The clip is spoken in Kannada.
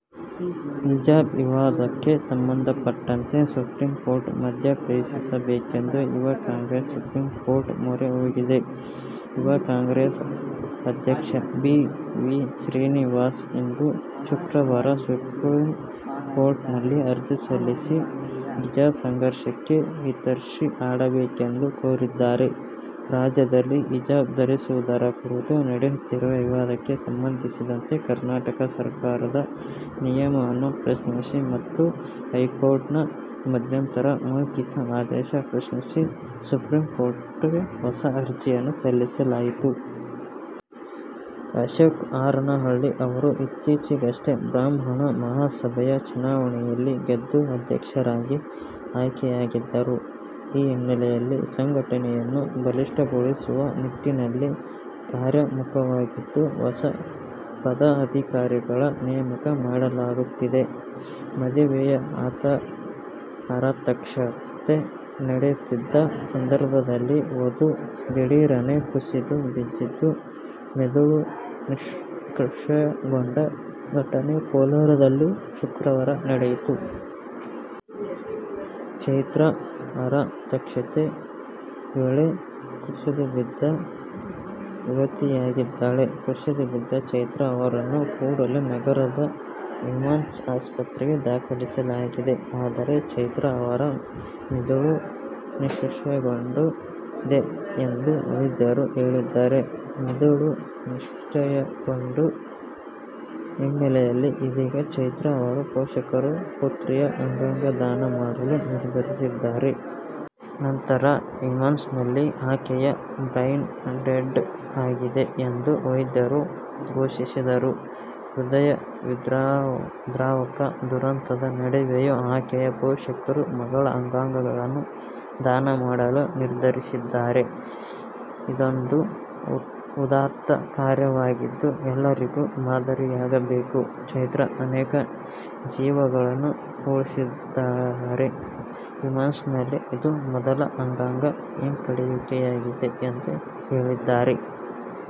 ಹಿಜಾಬ್ ವಿವಾದಕ್ಕೆ ಸಂಬಂಧಪಟ್ಟಂತೆ ಸುಪ್ರೀಂ ಕೋರ್ಟ್ ಮಧ್ಯೆ ಪ್ರವೇಶಿಸಬೇಕೆಂದು ಯುವ ಕಾಂಗ್ರೆಸ್ ಸುಪ್ರೀಂ ಕೋರ್ಟ್ ಮೊರೆ ಹೋಗಿದೆ. ಯುವ ಕಾಂಗ್ರೆಸ್ ಅಧ್ಯಕ್ಷ ಬಿ ವಿಶ್ರೀನಿವಾಸ್ ಇಂದು ಶುಕ್ರವಾರ ಸುಪ್ರೀಂ ಕೋರ್ಟ್ ನಲ್ಲಿ ಅರ್ಜಿ ಸಲ್ಲಿಸಿ ಹಿಜಾಬ್ ಸಂಘರ್ಷಕ್ಕೆ ಇತಿಶ್ರೀ ಹಾಡಬೇಕೆಂದು ಕೋರಿದ್ದಾರೆ. ರಾಜ್ಯದಲ್ಲಿ ಹಿಜಾಬ್ ಧರಿಸುವುದರ ಕುರಿತು ನಡೆಯುತ್ತಿರುವ ವಿವಾದಕ್ಕೆ ಸಂಬಂಧಿಸಿದಂತೆ ಕರ್ನಾಟಕ ಸರ್ಕಾರದ ನಿಯಮವನ್ನು ಪ್ರಶ್ನಿಸಿ ಮತ್ತು ಹೈಕೋರ್ಟ್ ನ ಮಧ್ಯಂತರ ಮೌಖಿಕ ಆದೇಶ ಪ್ರಶ್ನಿಸಿ ಸುಪ್ರೀಂ ಕೋರ್ಟ್ಗೆ ಹೊಸ ಅರ್ಜಿಯನ್ನು ಸಲ್ಲಿಸಲಾಯಿತು. ಅಶೋಕ್ ಹಾರನಹಳ್ಳಿ ಅವರು ಇತ್ತೀಚೆಗಷ್ಟೇ ಬ್ರಾಹ್ಮಣ ಮಹಾಸಭೆಯ ಚುನಾವಣೆಯಲ್ಲಿ ಗೆದ್ದು ಅಧ್ಯಕ್ಷರಾಗಿ ಆಯ್ಕೆಯಾಗಿದ್ದರು. ಈ ಹಿನ್ನೆಲೆಯಲ್ಲಿ ಸಂಘಟನೆಯನ್ನು ಬಲಿಷ್ಠಗೊಳಿಸುವ ನಿಟ್ಟಿನಲ್ಲಿ ಕಾರ್ಯೋಮುಖರಾಗಿದ್ದು ಹೊಸ ಪದಾಧಿಕಾರಿಗಳ ನೇಮಕ ಮಾಡಲಾಗುತ್ತಿದೆ. ಮದುವೆಯ ಆರತಕ್ಷತೆ ನಡೆಯುತ್ತಿದ್ದ ಸಂದರ್ಭದಲ್ಲಿ ವಧು ದಿಢೀರನೇ ಕುಸಿದು ಬಿದ್ದಿದ್ದು, ಮೆದುಳು ನಿಷ್ಕ್ರಿಯಗೊಂಡ ಘಟನೆ ಕೋಲಾರದಲ್ಲಿ ಶುಕ್ರವಾರ ನಡೆದಿದೆ. ಚೈತ್ರಾ ಆರತಕ್ಷತೆ ವೇಳೆ ಕುಸಿದುಬಿದ್ದ ಯುವತಿಯಾಗಿದ್ದಾಳೆ. ಕುಸಿದುಬಿದ್ದ ಚೈತ್ರಾ ಅವರನ್ನು ಕೂಡಲೇ ನಗರದ ನಿಮ್ಹಾನ್ಸ್ ಆಸ್ಪತ್ರೆಗೆ ದಾಖಲಿಸಲಾಗಿದೆ. ಆದರೆ, ಚೈತ್ರಾ ಅವರ ಮಿದುಳು ನಿಷ್ಕ್ರಿಯಗೊಂಡಿದೆ ಎಂದು ವೈದ್ಯರು ಹೇಳಿದ್ದಾರೆ. ಮಿದುಳು ನಿಷ್ಕ್ರಿಯಗೊಂಡ ಹಿನ್ನೆಲೆಯಲ್ಲಿ ಇದೀಗ ಚೈತ್ರಾ ಅವರ ಪೋಷಕರು, ಪುತ್ರಿಯ ಅಂಗಾಂಗ ದಾನ ಮಾಡಲು ನಿರ್ಧರಿಸಿದ್ದಾರೆ. ನಂತರ ನಿಮ್ಹಾನ್ಸ್ನಲ್ಲಿ ಆಕೆಯ ಬ್ರೈನ್ ಡೆಡ್ ಆಗಿದೆ ಎಂದು ವೈದ್ಯರು ಘೋಷಿಸಿದರು. ಹೃದಯವಿದ್ರಾವಕ ದುರಂತದ ನಡುವೆಯೂ ಆಕೆಯ ಪೋಷಕರು ಮಗಳ ಅಂಗಾಂಗಗಳನ್ನು ದಾನ ಮಾಡಲು ನಿರ್ಧರಿಸಿದ್ದಾರೆ. ಇದೊಂದು ಉದಾತ್ತ ಕಾರ್ಯವಾಗಿದ್ದು, ಎಲ್ಲರಿಗೂ ಮಾದರಿಯಾಗಬೇಕು. ಚೈತ್ರಾ ಅನೇಕ ಜೀವಗಳನ್ನು ಉಳಿಸುತ್ತಿದ್ದಾರೆ. ನಿಮ್ಹಾನ್ಸ್ನಲ್ಲಿ ಇದು ಮೊದಲ ಅಂಗಾಂಗ ಹಿಂಪಡೆಯುವಿಕೆಯಾಗಿದೆ ಎಂದು ಹೇಳಿದ್ದಾರೆ.